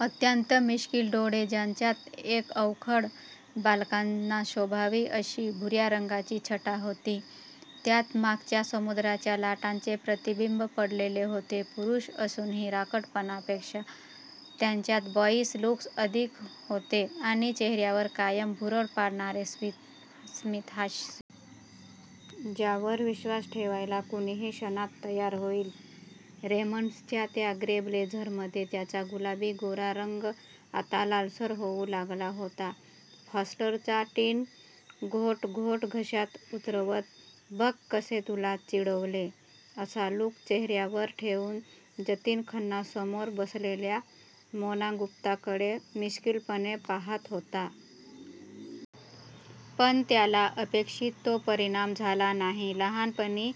अत्यंत मिश्कील डोळे, ज्यांच्यात एक अवखळ, बालकांना शोभावी अशी भुर्या रंगाची छटा होती, त्यांत मागच्या समुद्राच्या लाटांचे प्रतिबिंब पडलेले होते. पुरूष असूनही राकटपणापेक्षा त्याच्यात बॉयीश लूक्स अधिक होते. आणि चेहर्यावर कायम भुरळ पाडणारे स्मितहास्य! ज्यावर विश्वास ठेवायला कुणीही क्षणात तयार होईल! रेमंड्सच्या त्या ग्रे ब्लेझरमध्ये त्याचा गुलाबी गोरा रंग आता लालसर होऊ लागला होता. फॉस्टरचा टिन घोट घोट घशात उतरवत 'बघ कसे तुला चिडवले' असा लूक चेहर्यावर ठेवून जतीन खन्ना समोर बसलेल्या मोना गुप्ताकडे मिश्कीलपणे पाहात होता. पण त्याला अपेक्षित तो परिणाम झाला नाही. लहानपणी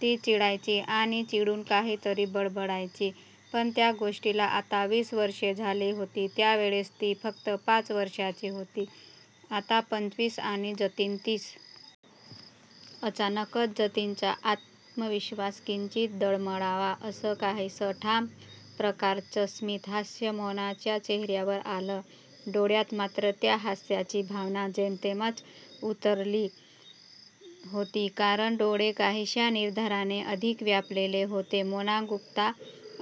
ती चिडायची आणि चिडून काहीतरी बडबडायची. पण त्या गोष्टीला आता वीस वर्षे झाली होती. त्यावेळेस ती फक्त पाच वर्षांची होती. आता पंचवीस! आणि जतीन तीस! अचानकच, जतीनचा आत्मविश्वास किंचित डळमळावा असं काहीसं ठाम प्रकारचं स्मितहास्य मोनाच्या चेहर्यावर आलं! डोळ्यात मात्र त्या हास्याची भावना जेमतेमच उतरली होती. कारण डोळे काहीश्या निर्धाराने अधिक व्यापलेले होते. मोना गुप्ता!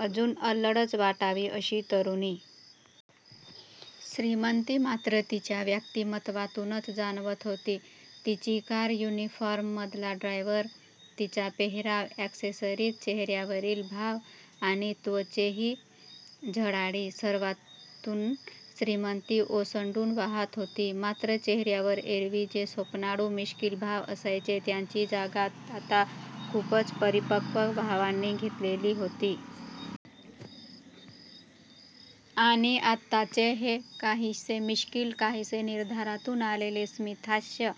अजून अल्लडच वाटावी अशी तरुणी! श्रीमंती मात्र तिच्या व्यक्तीमत्वातूनच जाणवत होती. तिची कार, युनिफॉर्ममधला ड्रायव्हर, तिचा पेहेराव, अॅक्सेसरीज, चेहर्यावरील भाव आणि त्वचेही झळाळी! सर्वातून श्रीमंती ओसंडून वाहात होती. मात्र चेहर्यावर एरवी जे स्वप्नाळू, मिश्कील भाव असायचे त्यांची जागा आता खूपच परिपक्व भावांनी घेतलेली होती. आणि आत्ताचे हे काहीसे मिश्कील, काहीसे निर्धारातून आलेले स्मितहास्य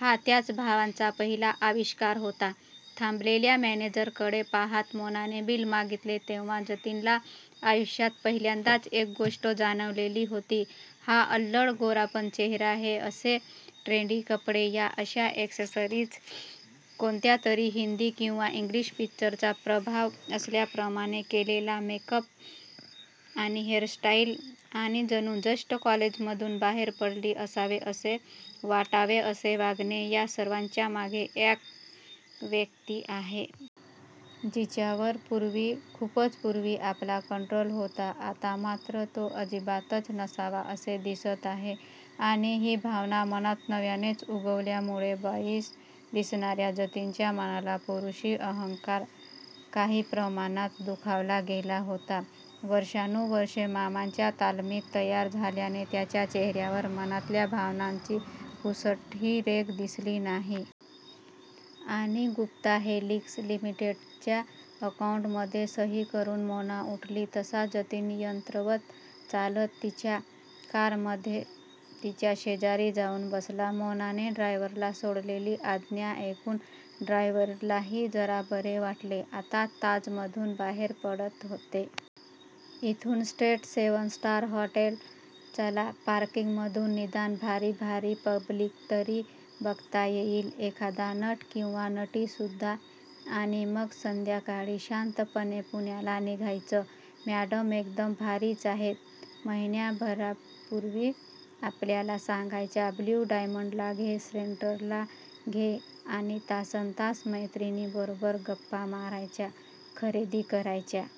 हा त्याच भावांचा पहिला आविष्कार होता. थांबलेल्या मॅनेजरकडे पाहात मोनाने बिल मागीतले तेव्हा जतीनला आयुष्यात पहिल्यांदाच एक गोष्ट जाणवलेली होती. हा अल्लड गोरापान चेहरा, हे असे ट्रेंडी कपडे, या अशा अॅक्सेसरीज, कोणत्यातरी हिंदी किंवा इंग्लीश पिक्चरचा प्रभाव असल्याप्रमाणे केलेला मेक अप आणि हेअर स्टाईल आणि जणू जस्ट कॉलेजमधून बाहेर पडली असावे असे वाटावे असे वागणे या सर्वाच्या मागे एक व्यक्ती आहे. जिच्यावर पुर्वी, खूपच पुर्वी आपला कंट्रोल होता आता मात्र तो अजिबातच नसावा असे दिसत आहे. आणि ही भावना मनात नव्यानेच उगवल्यामुळे बॉयीश दिसणार्या जतीनच्या मनातला पुरुषी अहंकार काही प्रमाणात दुखावला गेला होता. वर्षानुवर्षे मामांच्या तालमीत तयार झाल्याने त्याच्या चेहर्यावर मनातल्या भावनांची पुसटही रेघ दिसली नाही. आणि गुप्ता हेलिक्स लिमिटेडच्या अकाउंटमध्ये सही करून मोना उठली तसा जतीन यंत्रवत चालत तिच्या कारमध्ये तिच्या शेजारी जाऊन बसला. मोनाने ड्रायव्हरला सोडलेली आज्ञा ऐकून ड्रायव्हरलाही जरा बरे वाटले. आत्ताच ताजमधून बाहेर पडत होते. इथून स्ट्रेट सेव्हन स्टार हॉटेल! चला! पार्किंगमधून निदान भारी भारी पब्लिक तरी बघता येईल. एखादा नट किंवा नटीसुद्धा! आणि मग संध्याकाळी शांतपणे पुण्याला निघायचं! मॅडम एकदम भारीच आहेत. महिन्याभरापुर्वी आपल्याला सांगायच्या ब्ल्यू डायमंडला घे, सेंट्रलला घे! आणि तासनतास मैत्रिणींबरोबर गप्पा मारायच्या, खरेदी करायच्या--